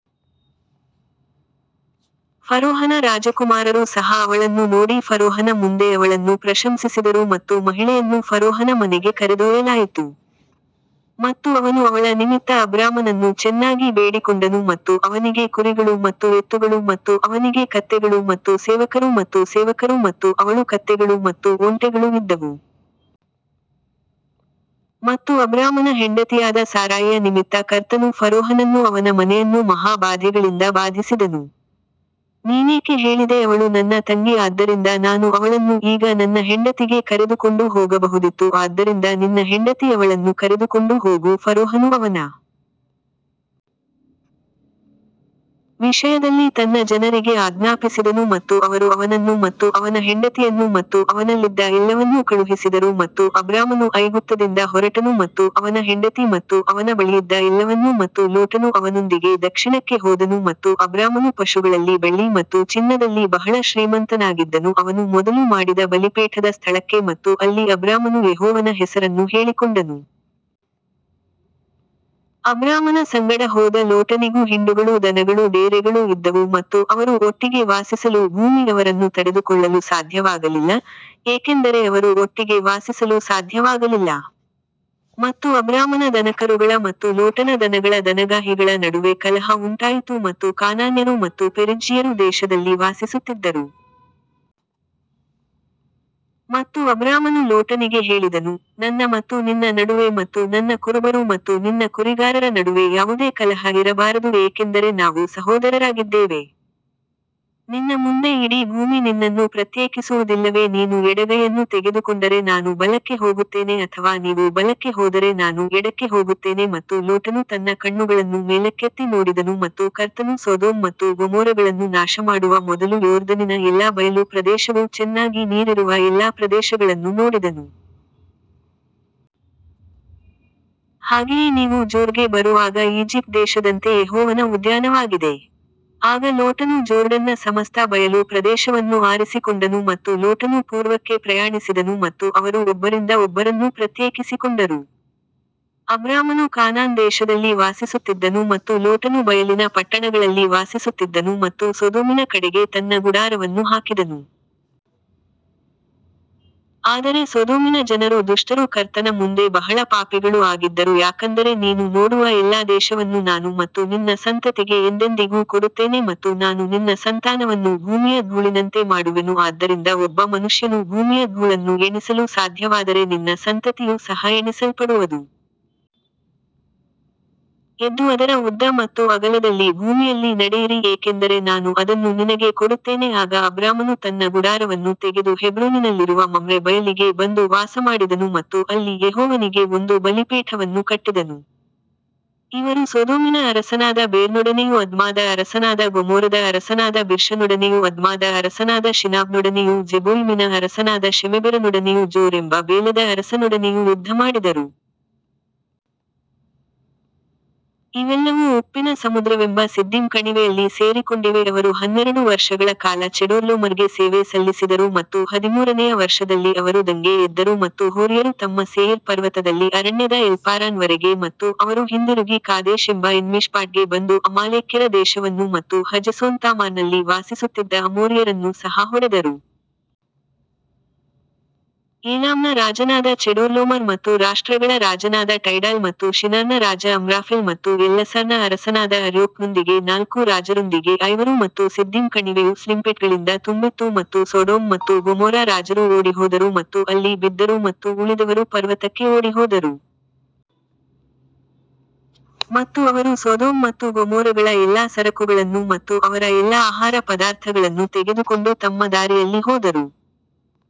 ಫರೋಹನ ರಾಜಕುಮಾರರು ಸಹ ಅವಳನ್ನು ನೋಡಿ ಫರೋಹನ ಮುಂದೆ ಅವಳನ್ನು ಪ್ರಶಂಸಿಸಿದರು ಮತ್ತು ಮಹಿಳೆಯನ್ನು ಫರೋಹನ ಮನೆಗೆ ಕರೆದೊಯ್ಯಲಾಯಿತು. ಮತ್ತು ಅವನು ಅವಳ ನಿಮಿತ್ತ ಅಬ್ರಾಮನನ್ನು ಚೆನ್ನಾಗಿ ಬೇಡಿಕೊಂಡನು ಮತ್ತು ಅವನಿಗೆ ಕುರಿಗಳು ಮತ್ತು ಎತ್ತುಗಳು ಮತ್ತು ಅವನಿಗೆ ಕತ್ತೆಗಳು ಮತ್ತು ಸೇವಕರು ಮತ್ತು ಸೇವಕರು ಮತ್ತು ಅವಳು ಕತ್ತೆಗಳು ಮತ್ತು ಒಂಟೆಗಳು ಇದ್ದವು. ಮತ್ತು ಅಬ್ರಾಮನ ಹೆಂಡತಿಯಾದ ಸಾರಾಯಿಯ ನಿಮಿತ್ತ ಕರ್ತನು ಫರೋಹನನ್ನೂ ಅವನ ಮನೆಯನ್ನೂ ಮಹಾ ಬಾಧೆಗಳಿಂದ ಬಾಧಿಸಿದನು. ನೀನೇಕೆ ಹೇಳಿದೆ ಅವಳು ನನ್ನ ತಂಗಿ ಆದ್ದರಿಂದ ನಾನು ಅವಳನ್ನು ಈಗ ನನ್ನ ಹೆಂಡತಿಗೆ ಕರೆದುಕೊಂಡು ಹೋಗಬಹುದಿತ್ತು ಆದ್ದರಿಂದ ನಿನ್ನ ಹೆಂಡತಿ ಅವಳನ್ನು ಕರೆದುಕೊಂಡು ಹೋಗು ಫರೋಹನು ಅವನ ವಿಷಯದಲ್ಲಿ ತನ್ನ ಜನರಿಗೆ ಆಜ್ಞಾಪಿಸಿದನು ಮತ್ತು ಅವರು ಅವನನ್ನು ಮತ್ತು ಅವನ ಹೆಂಡತಿಯನ್ನು ಮತ್ತು ಅವನಲ್ಲಿದ್ದ ಎಲ್ಲವನ್ನೂ ಕಳುಹಿಸಿದರು ಮತ್ತು ಅಬ್ರಾಮನು ಐಗುಪ್ತದಿಂದ ಹೊರಟನು ಮತ್ತು ಅವನ ಹೆಂಡತಿ ಮತ್ತು ಅವನ ಬಳಿಯಿದ್ದ ಎಲ್ಲವನ್ನೂ ಮತ್ತು ಲೋಟನು ಅವನೊಂದಿಗೆ ದಕ್ಷಿಣಕ್ಕೆ ಹೋದನು ಮತ್ತು ಅಬ್ರಾಮನು ಪಶುಗಳಲ್ಲಿ ಬೆಳ್ಳಿ ಮತ್ತು ಚಿನ್ನದಲ್ಲಿ ಬಹಳ ಶ್ರೀಮಂತನಾಗಿದ್ದನು ಅವನು ಮೊದಲು ಮಾಡಿದ ಬಲಿಪೀಠದ ಸ್ಥಳಕ್ಕೆ ಮತ್ತು ಅಲ್ಲಿ ಅಬ್ರಾಮನು ಯೆಹೋವನ ಹೆಸರನ್ನು ಹೇಳಿಕೊಂಡನು. ಅಬ್ರಾಮನ ಸಂಗಡ ಹೋದ ಲೋಟನಿಗೂ ಹಿಂಡುಗಳೂ ದನಗಳೂ ಡೇರೆಗಳೂ ಇದ್ದವು ಮತ್ತು ಅವರು ಒಟ್ಟಿಗೆ ವಾಸಿಸಲು ಭೂಮಿ ಅವರನ್ನು ತಡೆದುಕೊಳ್ಳಲು ಸಾಧ್ಯವಾಗಲಿಲ್ಲ, ಏಕೆಂದರೆ ಅವರು ಒಟ್ಟಿಗೆ ವಾಸಿಸಲು ಸಾಧ್ಯವಾಗಲಿಲ್ಲ. ಮತ್ತು ಅಬ್ರಾಮನ ದನಕರುಗಳ ಮತ್ತು ಲೋಟನ ದನಗಳ ದನಗಾಹಿಗಳ ನಡುವೆ ಕಲಹ ಉಂಟಾಯಿತು ಮತ್ತು ಕಾನಾನ್ಯರು ಮತ್ತು ಪೆರಿಜ್ಜೀಯರು ದೇಶದಲ್ಲಿ ವಾಸಿಸುತ್ತಿದ್ದರು. ಮತ್ತು ಅಬ್ರಾಮನು ಲೋಟನಿಗೆ ಹೇಳಿದನು, ನನ್ನ ಮತ್ತು ನಿನ್ನ ನಡುವೆ ಮತ್ತು ನನ್ನ ಕುರುಬರು ಮತ್ತು ನಿನ್ನ ಕುರಿಗಾರರ ನಡುವೆ ಯಾವುದೇ ಕಲಹ ಇರಬಾರದು ಏಕೆಂದರೆ ನಾವು ಸಹೋದರರಾಗಿದ್ದೇವೆ. ನಿನ್ನ ಮುಂದೆ ಇಡೀ ಭೂಮಿ ನಿನ್ನನ್ನು ಪ್ರತ್ಯೇಕಿಸುವುದಿಲ್ಲವೇ ನೀನು ಎಡಗೈಯನ್ನು ತೆಗೆದುಕೊಂಡರೆ ನಾನು ಬಲಕ್ಕೆ ಹೋಗುತ್ತೇನೆ ಅಥವಾ ನೀವು ಬಲಕ್ಕೆ ಹೋದರೆ ನಾನು ಎಡಕ್ಕೆ ಹೋಗುತ್ತೇನೆ ಮತ್ತು ಲೋಟನು ತನ್ನ ಕಣ್ಣುಗಳನ್ನು ಮೇಲಕ್ಕೆತ್ತಿ ನೋಡಿದನು ಮತ್ತು ಕರ್ತನು ಸೊದೋಮ್ ಮತ್ತು ಗೊಮೋರಗಳನ್ನು ನಾಶಮಾಡುವ ಮೊದಲು ಯೋರ್ದನಿನ ಎಲ್ಲಾ ಬಯಲು ಪ್ರದೇಶವು ಚೆನ್ನಾಗಿ ನೀರಿರುವ ಎಲ್ಲಾ ಪ್ರದೇಶಗಳನ್ನು ನೋಡಿದನು. ಹಾಗೆಯೇ ನೀವು ಜೋರ್ಗೆ ಬರುವಾಗ ಈಜಿಪ್ಟ್ ದೇಶದಂತೆ ಯೆಹೋವನ ಉದ್ಯಾನವಾಗಿದೆ. ಆಗ ಲೋಟನು ಜೋರ್ಡನ್ನ ಸಮಸ್ತ ಬಯಲು ಪ್ರದೇಶವನ್ನು ಆರಿಸಿಕೊಂಡನು ಮತ್ತು ಲೋಟನು ಪೂರ್ವಕ್ಕೆ ಪ್ರಯಾಣಿಸಿದನು ಮತ್ತು ಅವರು ಒಬ್ಬರಿಂದ ಒಬ್ಬರನ್ನು ಪ್ರತ್ಯೇಕಿಸಿಕೊಂಡರು. ಅಬ್ರಾಮನು ಕಾನಾನ್ ದೇಶದಲ್ಲಿ ವಾಸಿಸುತ್ತಿದ್ದನು ಮತ್ತು ಲೋಟನು ಬಯಲಿನ ಪಟ್ಟಣಗಳಲ್ಲಿ ವಾಸಿಸುತ್ತಿದ್ದನು ಮತ್ತು ಸೊದೋಮಿನ ಕಡೆಗೆ ತನ್ನ ಗುಡಾರವನ್ನು ಹಾಕಿದನು. ಆದರೆ ಸೊದೋಮಿನ ಜನರು ದುಷ್ಟರೂ ಕರ್ತನ ಮುಂದೆ ಬಹಳ ಪಾಪಿಗಳೂ ಆಗಿದ್ದರು ಯಾಕಂದರೆ ನೀನು ನೋಡುವ ಎಲ್ಲಾ ದೇಶವನ್ನು ನಾನು ಮತ್ತು ನಿನ್ನ ಸಂತತಿಗೆ ಎಂದೆಂದಿಗೂ ಕೊಡುತ್ತೇನೆ ಮತ್ತು ನಾನು ನಿನ್ನ ಸಂತಾನವನ್ನು ಭೂಮಿಯ ಧೂಳಿನಂತೆ ಮಾಡುವೆನು ಆದ್ದರಿಂದ ಒಬ್ಬ ಮನುಷ್ಯನು ಭೂಮಿಯ ಧೂಳನ್ನು ಎಣಿಸಲು ಸಾಧ್ಯವಾದರೆ ನಿನ್ನ ಸಂತತಿಯು ಸಹ ಎಣಿಸಲ್ಪಡುವದು. ಎದ್ದು ಅದರ ಉದ್ದ ಮತ್ತು ಅಗಲದಲ್ಲಿ ಭೂಮಿಯಲ್ಲಿ ನಡೆಯಿರಿ ಏಕೆಂದರೆ ನಾನು ಅದನ್ನು ನಿನಗೆ ಕೊಡುತ್ತೇನೆ ಆಗ ಅಬ್ರಾಮನು ತನ್ನ ಗುಡಾರವನ್ನು ತೆಗೆದು ಹೆಬ್ರೋನಿನಲ್ಲಿರುವ ಮಮ್ರೆ ಬಯಲಿಗೆ ಬಂದು ವಾಸಮಾಡಿದನು ಮತ್ತು ಅಲ್ಲಿ ಯೆಹೋವನಿಗೆ ಒಂದು ಬಲಿಪೀಠವನ್ನು ಕಟ್ಟಿದನು. ಇವರು ಸೊದೋಮಿನ ಅರಸನಾದ ಬೇರನೊಡನೆಯೂ ಅದ್ಮಾದ ಅರಸನಾದ ಗೊಮೋರದ ಅರಸನಾದ ಬಿರ್ಷನೊಡನೆಯೂ ಅದ್ಮಾದ ಅರಸನಾದ ಶಿನಾಬನೊಡನೆಯೂ ಝೆಬೋಯಿಮಿನ ಅರಸನಾದ ಶೆಮೆಬೆರನೊಡನೆಯೂ ಜೋರ್ ಎಂಬ ಬೇಲದ ಅರಸನೊಡನೆಯೂ ಯುದ್ಧಮಾಡಿದರು. ಇವೆಲ್ಲವೂ ಉಪ್ಪಿನ ಸಮುದ್ರವೆಂಬ ಸಿದ್ದಿಮ್ ಕಣಿವೆಯಲ್ಲಿ ಸೇರಿಕೊಂಡಿವೆ ಅವರು ಹನ್ನೆರಡು ವರ್ಷಗಳ ಕಾಲ ಚೆಡೋರ್ಲೋಮರ್ಗೆ ಸೇವೆ ಸಲ್ಲಿಸಿದರು ಮತ್ತು ಹದಿಮೂರನೆಯ ವರ್ಷದಲ್ಲಿ ಅವರು ದಂಗೆ ಎದ್ದರು ಮತ್ತು ಹೋರಿಯರು ತಮ್ಮ ಸೇಯಿರ್ ಪರ್ವತದಲ್ಲಿ ಅರಣ್ಯದ ಎಲ್ಪಾರಾನ್ ವರೆಗೆ ಮತ್ತು ಅವರು ಹಿಂದಿರುಗಿ ಕಾದೇಶ್ ಎಂಬ ಎನ್ಮಿಷ್ಪಾಟ್ಗೆ ಬಂದು ಅಮಾಲೇಕ್ಯರ ದೇಶವನ್ನು ಮತ್ತು ಹಜೆಸೋಂತಾಮಾರ್ನಲ್ಲಿ ವಾಸಿಸುತ್ತಿದ್ದ ಅಮೋರಿಯರನ್ನು ಸಹ ಹೊಡೆದರು. ಏಲಾಮ್ನ ರಾಜನಾದ ಚೆಡೋರ್ಲೋಮರ್ ಮತ್ತು ರಾಷ್ಟ್ರಗಳ ರಾಜನಾದ ಟೈಡಾಲ್ ಮತ್ತು ಶಿನಾರ್ನ ರಾಜ ಅಮ್ರಾಫೆಲ್ ಮತ್ತು ಎಲ್ಲಸಾರ್ನ ಅರಸನಾದ ಅರ್ಯೋಕ್ನೊಂದಿಗೆ ನಾಲ್ಕು ರಾಜರೊಂದಿಗೆ ಐವರು ಮತ್ತು ಸಿದ್ದಿಮ್ ಕಣಿವೆಯು ಸ್ಲಿಮ್ಪಿಟ್ಗಳಿಂದ ತುಂಬಿತ್ತು ಮತ್ತು ಸೊಡೊಮ್ ಮತ್ತು ಗೊಮೊರಾ ರಾಜರು ಓಡಿಹೋದರು ಮತ್ತು ಅಲ್ಲಿ ಬಿದ್ದರು ಮತ್ತು ಉಳಿದವರು ಪರ್ವತಕ್ಕೆ ಓಡಿಹೋದರು. ಮತ್ತು ಅವರು ಸೊದೋಮ್ ಮತ್ತು ಗೊಮೋರಗಳ ಎಲ್ಲಾ ಸರಕುಗಳನ್ನು ಮತ್ತು ಅವರ ಎಲ್ಲಾ ಆಹಾರ ಪದಾರ್ಥಗಳನ್ನು ತೆಗೆದುಕೊಂಡು ತಮ್ಮ ದಾರಿಯಲ್ಲಿ ಹೋದರು.